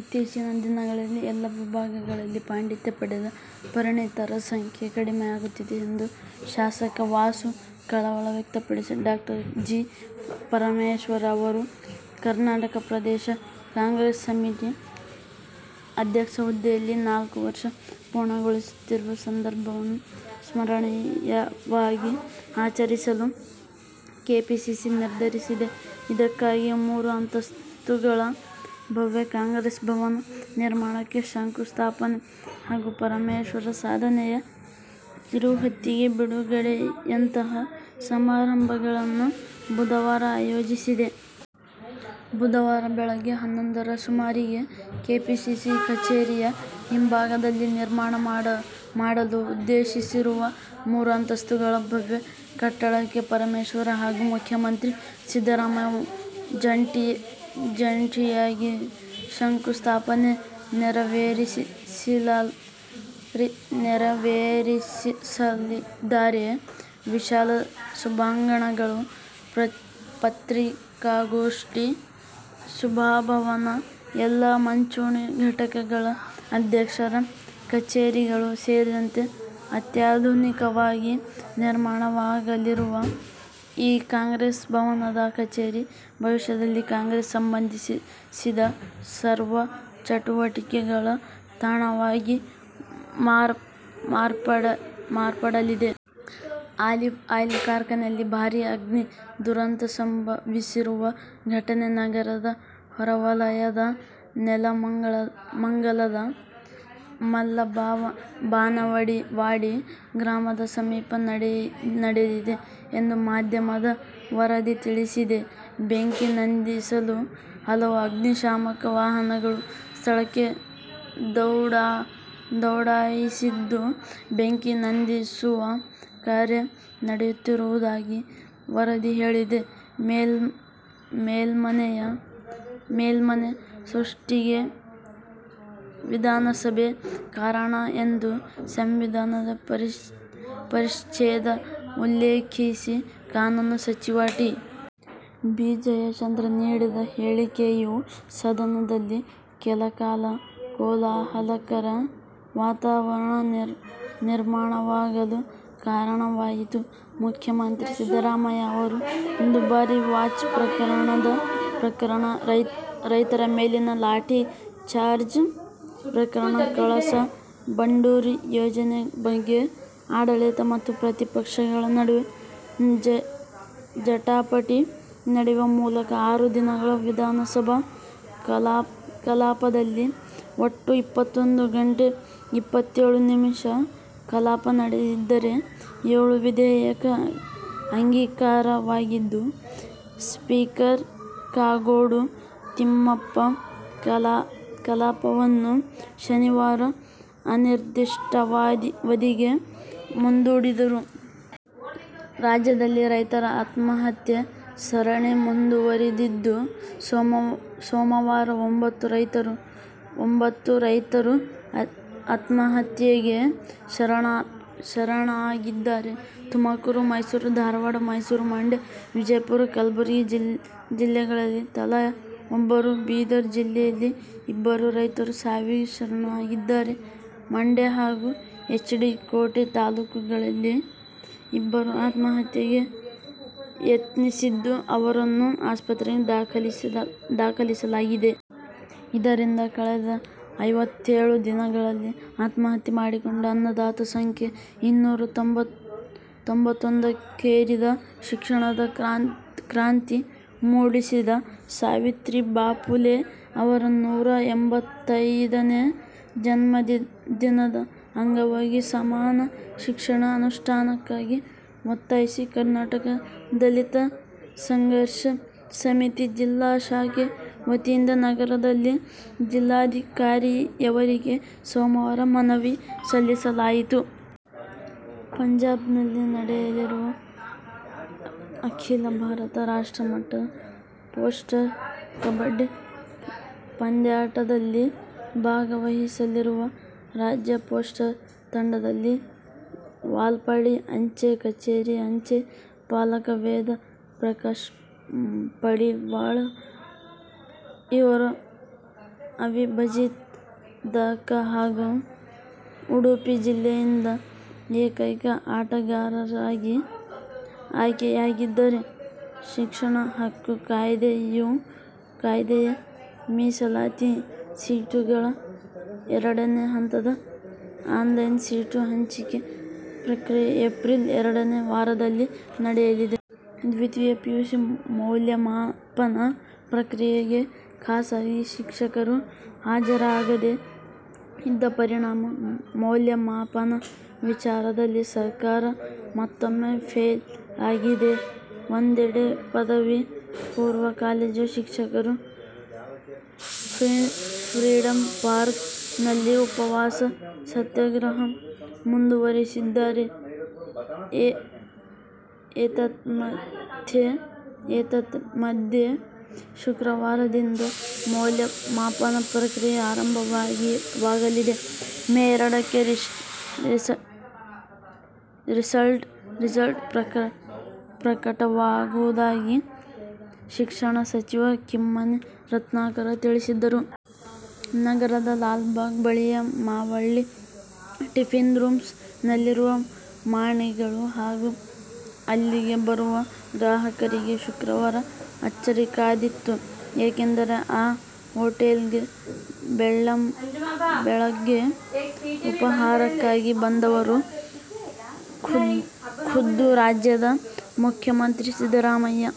ಇತ್ತೀಚಿನ ದಿನಗಳಲ್ಲಿ ಎಲ್ಲಾ ವಿಭಾಗಗಳಲ್ಲಿ ಪಾಂಡಿತ್ಯ ಪಡೆದ ಪರಿಣಿತರ ಸಂಖ್ಯೆ ಕಡಿಮೆಯಾಗುತ್ತಿದೆ ಎಂದು ಶಾಸಕ ವಾಸು ಕಳವಳ ವ್ಯಕ್ತಪಡಿಸಿದರು. ಡಾ ಜಿ. ಪರಮೇಶ್ವರ್ ಅವರು ಕರ್ನಾಟಕ ಪ್ರದೇಶ ಕಾಂಗ್ರೆಸ್ ಸಮಿತಿ ಅಧ್ಯಕ್ಷ ಹುದ್ದೆಯಲ್ಲಿ ನಾಲ್ಕು ವರ್ಷ ಪೂರ್ಣಗೊಳಿಸುತ್ತಿರುವ ಸಂದರ್ಭವನ್ನು ಸ್ಮರಣೀಯವಾಗಿ ಆಚರಿಸಲು ಕೆಪಿಸಿಸಿ ನಿರ್ಧರಿಸಿದೆ. ಇದಕ್ಕಾಗಿ ಮೂರು ಅಂತಸ್ತುಗಳ ಭವ್ಯ ಕಾಂಗ್ರೆಸ್ ಭವನ ನಿರ್ಮಾಣಕ್ಕೆ ಶಂಕು ಸ್ಥಾಪನೆ ಹಾಗೂ ಪರಮೇಶ್ವರ್ ಸಾಧನೆಯ ಕಿರು ಹೊತ್ತಿಗೆ ಬಿಡುಗಡೆಯಂತಹ ಸಮಾರಂಭಗಳನ್ನು ಬುಧವಾರ ಆಯೋಜಿಸಿದೆ. ಬುಧವಾರ ಬೆಳಗ್ಗೆ ಹನ್ನೊಂದರ ಸುಮಾರಿಗೆ ಕೆಪಿಸಿಸಿ ಕಚೇರಿಯ ಹಿಂಭಾಗದಲ್ಲಿ ನಿರ್ಮಾಣ ಮಾಡಲು ಉದ್ದೇಶಿಸಿರುವ ಮೂರು ಅಂತಸ್ತುಗಳ ಭವ್ಯ ಕಟ್ಟಡಕ್ಕೆ ಪರಮೇಶ್ವರ್ ಹಾಗೂ ಮುಖ್ಯಮಂತ್ರಿ ಸಿದ್ದರಾಮಯ್ಯ ಜಂಟಿಯಾಗಿ ಶಂಕುಸ್ಥಾಪನೆ ನೆರವೇರಿಸಲಿದ್ದಾರೆ. ವಿಶಾಲ ಸಭಾಂಗಣಗಳು, ಪತ್ರಿಕಾಗೋಷ್ಠಿ ಸಭಾಭವನ, ಎಲ್ಲಾ ಮಂಚೂಣಿ ಘಟಕಗಳ ಅಧ್ಯಕ್ಷರ ಕಚೇರಿಗಳು ಸೇರಿದಂತೆ ಅತ್ಯಾಧುನಿಕವಾಗಿ ನಿರ್ಮಾಣವಾಗಲಿರುವ ಈ ಕಾಂಗ್ರೆಸ್ ಭವನದ ಕಚೇರಿ ಭವಿಷ್ಯದಲ್ಲಿ ಕಾಂಗ್ರೆಸ್ಗೆ ಸಂಬಂಧಿಸಿದ ಸರ್ವ ಚಟುವಟಿಕೆಗಳ ತಾಣವಾಗಿ ಮಾರ್ಪಡಲಿದೆ. ಆಲಿವ್ ಆಯಿಲ್ ಕಾರ್ಖಾನೆಯಲ್ಲಿ ಭಾರೀ ಅಗ್ನಿ ದುರಂತ ಸಂಭವಿಸಿರುವ ಘಟನೆ ನಗರದ ಹೊರವಲಯದ ನೆಲಮಂಗಲದ ಮಲ್ಲಬಾನವಾಡಿ ಗ್ರಾಮದ ಸಮೀಪ ನಡೆದಿದೆ ಎಂದು ಮಾಧ್ಯಮದ ವರದಿ ತಿಳಿಸಿದೆ. ಬೆಂಕಿ ನಂದಿಸಲು ಹಲವು ಅಗ್ನಿಶಾಮಕ ವಾಹನಗಳು ಸ್ಥಳಕ್ಕೆ ದೌಡಾಯಿಸಿದ್ದು, ಬೆಂಕಿ ನಂದಿಸುವ ಕಾರ್ಯ ನಡೆಯುತ್ತಿರುವುದಾಗಿ ವರದಿ ಹೇಳಿದೆ. ಮೇಲ್ಮನೆ ಸೃಷ್ಟಿಗೆ ವಿಧಾನಸಭೆ ಕಾರಣ ಎಂದು ಸಂವಿಧಾನದ ಪರಿಚ್ಛೇದ ಉಲ್ಲೇಖೀಸಿ ಕಾನೂನು ಸಚಿವ ಟಿ. ಬಿ ಜಯಚಂದ್ರ ನೀಡಿದ ಹೇಳಿಕೆಯು ಸದನದಲ್ಲಿ ಕೆಲಕಾಲ ಕೋಲಾಹಲಕರ ವಾತಾವರಣ ನಿರ್ಮಾಣವಾಗಲು ಕಾರಣವಾಯಿತು. ಮುಖ್ಯಮಂತ್ರಿ ಸಿದ್ದರಾಮಯ್ಯ ಅವರ ದುಬಾರಿ ವಾಚ್ ಪ್ರಕರಣ, ರೈತರ ಮೇಲಿನ ಲಾಠಿ ಚಾರ್ಜ್ ಪ್ರಕರಣ, ಕಳಸಾ ಬಂಡೂರಿ ಯೋಜನೆ ಬಗ್ಗೆ ಆಡಳಿತ ಮತ್ತು ಪ್ರತಿಪಕ್ಷಗಳ ನಡುವೆ ಜಟಾಪಟಿ ನಡೆಯುವ ಮೂಲಕ ಆರು ದಿನಗಳ ವಿಧಾನಸಭಾ ಕಲಾಪದಲ್ಲಿ ಒಟ್ಟು ಇಪ್ಪತ್ತೊಂದು ಗಂಟೆ ಇಪ್ಪತ್ತೇಳು ನಿಮಿಷ ಕಲಾಪ ನಡೆದಿದ್ದರೆ, ಏಳು ವಿಧೇಯಕ ಅಂಗೀಕಾರವಾಗಿದ್ದು, ಸ್ಪೀಕರ್ ಕಾಗೋಡು ತಿಮ್ಮಪ್ಪ ಕಲಾಪವನ್ನು ಶನಿವಾರ ಅನಿರ್ದಿಷ್ಟಾವಧಿಗೆ ಮುಂದೂಡಿದರು. ರಾಜ್ಯದಲ್ಲಿ ರೈತರ ಆತ್ಮಹತ್ಯೆ ಸರಣಿ ಮುಂದುವರಿದಿದ್ದು ಸೋಮವಾರ ಒಂಬತ್ತು ರೈತರು ಆತ್ಮಹತ್ಯೆಗೆ ಶರಣಾಗಿದ್ದಾರೆ. ತುಮಕೂರು, ಮೈಸೂರು, ಧಾರವಾಡ, ಮೈಸೂರು, ಮಂಡ್ಯ, ವಿಜಯಪುರ, ಕಲಬುರಗಿ ಜಿಲ್ಲೆಗಳಲ್ಲಿ ತಲಾ ಒಬ್ಬರು, ಬೀದರ್ ಜಿಲ್ಲೆಯಲ್ಲಿ ಇಬ್ಬರು ರೈತರು ಸಾವಿಗೆ ಶರಣಾಗಿದ್ದರೆ, ಮಂಡ್ಯ ಹಾಗೂ ಎಚ್. ಡಿ. ಕೋಟೆ ತಾಲೂಕುಗಳಲ್ಲಿ ಇಬ್ಬರು ಆತ್ಮಹತ್ಯೆಗೆ ಯತ್ನಿಸಿದ್ದು, ಅವರನ್ನು ಆಸ್ಪತ್ರೆಗೆ ದಾಖಲಿಸಲಾಗಿದೆ. ಇದರಿಂದಾಗಿ ಕಳೆದ ಐವತ್ತೇಳು ದಿನಗಳಲ್ಲಿ ಆತ್ಮಹತ್ಯೆ ಮಾಡಿಕೊಂಡ ಅನ್ನದಾತರ ಸಂಖ್ಯೆ ಇನ್ನೂರ ತೊಂಬತ್ತೊಂದಕ್ಕೇರಿದೆ ಶಿಕ್ಷಣದ ಕ್ರಾಂತಿ ಮೂಡಿಸಿದ ಸಾವಿತ್ರಿಬಾಪುಲೆ ಅವರ ನೂರ ಎಂಬತ್ತೈದನೇ ಜನ್ಮದಿನದ ಅಂಗವಾಗಿ ಸಮಾನ ಶಿಕ್ಷಣ ಅನುಷ್ಠಾನಕ್ಕಾಗಿ ಒತ್ತಾಯಿಸಿ ಕರ್ನಾಟಕ ದಲಿತ ಸಂಘರ್ಷ ಸಮಿತಿ ಜಿಲ್ಲಾ ಶಾಖೆ ವತಿಯಿಂದ ನಗರದಲ್ಲಿಜಿಲ್ಲಾಧಿಕಾರಿಯವರಿಗೆ ಸೋಮವಾರ ಮನವಿ ಸಲ್ಲಿಸಲಾಯಿತು. ಪಂಜಾಬ್ನಲ್ಲಿ ನಡೆಯಲಿರುವ ಅಖೀಲ ಭಾರತ ರಾಷ್ಟ್ರಮಟ್ಟದ ಪೋಸ್ಟಲ್ ಕಬಡ್ಡಿ ಪಂದ್ಯಾಟದಲ್ಲಿ ಭಾಗವಹಿಸಲಿರುವ ರಾಜ್ಯ ಪೋಸ್ಟಲ್ ತಂಡದಲ್ಲಿ ವಾಲ್ಪಾಡಿ ಅಂಚೆ ಕಛೇರಿಯ ಅಂಚೆ ಪಾಲಕ ವೇದ ಪ್ರಕಾಶ್ ಪಡಿವಾಳ್ ಇವರು ಅವಿಭಜಿತ ದ. ಕ. ಹಾಗೂ ಉಡುಪಿ ಜಿಲ್ಲೆಯಿಂದ ಏಕೈಕ ಆಟಗಾರರಾಗಿ ಆಯ್ಕೆಯಾಗಿದ್ದಾರೆ. ಶಿಕ್ಷಣ ಹಕ್ಕು ಕಾಯ್ದೆ ಯ ಮೀಸಲಾತಿ ಸೀಟುಗಳ ಎರಡನೇ ಹಂತದ ಆನ್ಲೈನ್ ಸೀಟು ಹಂಚಿಕೆ ಪ್ರಕ್ರಿಯೆ ಏಪ್ರಿಲ್ ಎರಡನೇ ವಾರದಲ್ಲಿ ನಡೆಯಲಿದೆ. ದ್ವಿತೀಯ ಪಿಯುಸಿ ಮೌಲ್ಯಮಾಪನ ಪ್ರಕ್ರಿಯೆಗೆ ಖಾಸಗಿ ಶಿಕ್ಷಕರು ಹಾಜರಾಗದೆ ಇದ್ದ ಪರಿಣಾಮ ಮೌಲ್ಯಮಾಪನ ವಿಚಾರದಲ್ಲಿ ಸರ್ಕಾರ ಮತ್ತೊಮ್ಮೆ ಫೇಲ್ ಆಗಿದೆ. ಒಂದೆಡೆ ಪದವಿ ಪೂರ್ವ ಕಾಲೇಜು ಶಿಕ್ಷಕರು ಫ್ರೀಡಂ ಪಾರ್ಕ್ ನಲ್ಲಿ ಉಪವಾಸ ಸತ್ಯಾಗ್ರಹ ಮುಂದುವರಿಸಿದ್ದಾರೆ. ಏತನ್ಮಧ್ಯೆ ಶುಕ್ರವಾರದಿಂದ ಮೌಲ್ಯಮಾಪನ ಪ್ರಕ್ರಿಯೆ ಆರಂಭವಾಗಲಿದೆ. ಮೇ ಎರಡಕ್ಕೆ ರಿಸಲ್ಟ್ ಪ್ರಕಟವಾಗುವುದಾಗಿ ಶಿಕ್ಷಣ ಸಚಿವ ಕಿಮ್ಮನೆ ರತ್ನಾಕರ್ ತಿಳಿಸಿದ್ದರು. ನಗರದ ಲಾಲ್ಬಾಗ್ ಬಳಿಯ ಮಾವಳ್ಳಿ ಟಿಫಿನ್ ರೂಮ್ಸ್ ನಲ್ಲಿರುವ ಮಾಣಿಗಳು ಹಾಗೂ ಅಲ್ಲಿಗೆ ಬರುವ ಗ್ರಾಹಕರಿಗೆ ಶುಕ್ರವಾರ ಅಚ್ಚರಿ ಕಾದಿತ್ತು. ಏಕೆಂದರೆ, ಆ ಹೊಟೇಲ್ಗೆ ಬೆಳ್ಳಂಬೆಳಗ್ಗೆ ಉಪಾಹಾರಕ್ಕಾಗಿ ಬಂದವರು ಖುದ್ದು ರಾಜ್ಯದ ಮುಖ್ಯಮಂತ್ರಿ ಸಿದ್ದರಾಮಯ್ಯ